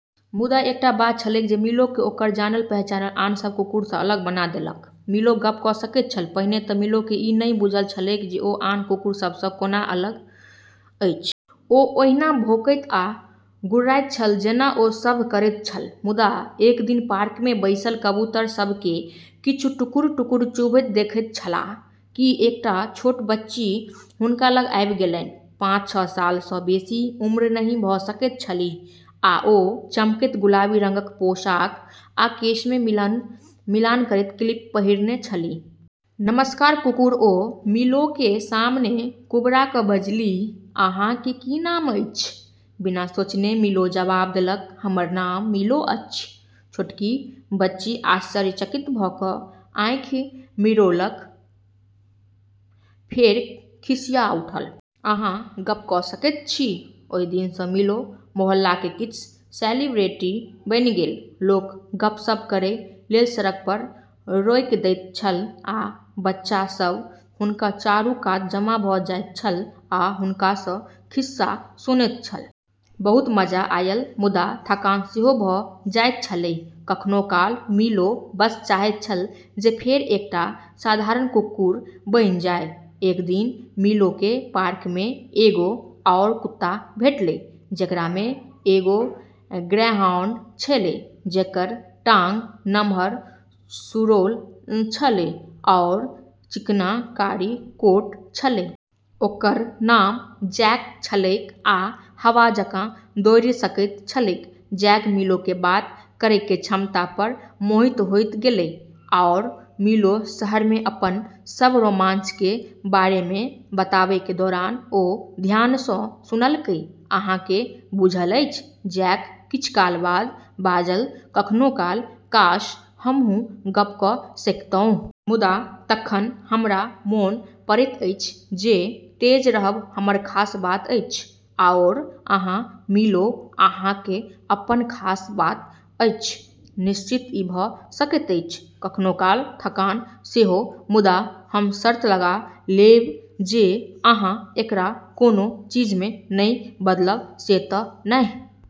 मुदा एकटा बात छलैक जे मिलोकेँ ओकर जानल-पहचानल आन सभ कुकुरसँ अलग बना देलक। मिलो गप्प क' सकैत छल। पहिने तऽ मिलोकेँ ई नहि बुझल छलैक जे ओ आन कुकुर सभसँ कोनो अलग अछि। ओ ओहिना भौंकैत आ गुर्राइत छल जेना ओ सभ करैत छल। मुदा एक दिन पार्कमे बैसल कबूतर सभकेँ किछ टुकड़-टुकड़ चुभैत देखैत छलाह, कि एकटा छोट बच्ची हुनका लग आबि गेलनि। पाँच-छह सालसँ बेसी उम्र नहि भ' सकैत छलीह, आ ओ चमकैत गुलाबी रंगक पोशाक आ केशमे मिलान करैत क्लिप पहिरने छलीह। "नमस्कार कुकुर" ओ मिलोके सामने कुबड़ा क' बजलीह। "अहाँके की नाम अछि? " बिना सोचने मिलो जवाब देलक, "हमर नाम मिलो अछि। " छोटकी बच्ची आश्चर्यचकित भ' क' आँखि मिड़ौलक, फेर खिखिआ उठल। "अहाँ गप्प क' सकैत छी! " ओहि दिन सँ मिलो मोहल्लामे किछ सेलिब्रिटी बनि गेल। लोक गप्प-सप्प करै लेल सड़क पर रोकि दैत छल, आ बच्चा सब हुनका चारू कात जमा भ' जाइत छल आ हुनकासँ खिस्सा सुनैत छल। बहुत मजा आयल, मुदा थकान सेहो भ' जाइत छले । कखनो काल मिलो बस चाहैत छल जे फेर एकटा साधारण कुकुर बनि जाइ । एक दिन मिलोके पार्कमे एगो आओर कुत्ता भेटलै, जेकरामे एगो ग्रेहाउंड छेलै, जेकर टांग नम्हर, सुडौल छलै आरो चिकना कारी कोट छलै। ओकर नाम जैक छलैक, आ हवा जकाँ दौड़ि सकैत छलैक। जैक मिलोके बात करैके क्षमता पर मोहित होइ गेलै, आरो मिलो शहरमे अपन सब रोमांचके बारेमे बताबैके दौरान ओ ध्यानसँ सुनलकै। "अहाँ केँ बुझल अछि," जैक किछ काल बाद बाजल, "कखनो काल काश, हमहूँ गप्प क' सकितहुँ। मुदा तखन हमरा मोन पड़ैत अछि जे तेज रहब हमर खास बात अछि। आओर अहाँ, मिलो, अहाँक अपन खास बात अछि। निश्चित, ई भ' सकैत अछि. " कखनो काल थकान सेहो, मुदा हम शर्त लगा लेब जे अहाँ एकरा कोनो चीजमे नहि बदलब, से त' नहि?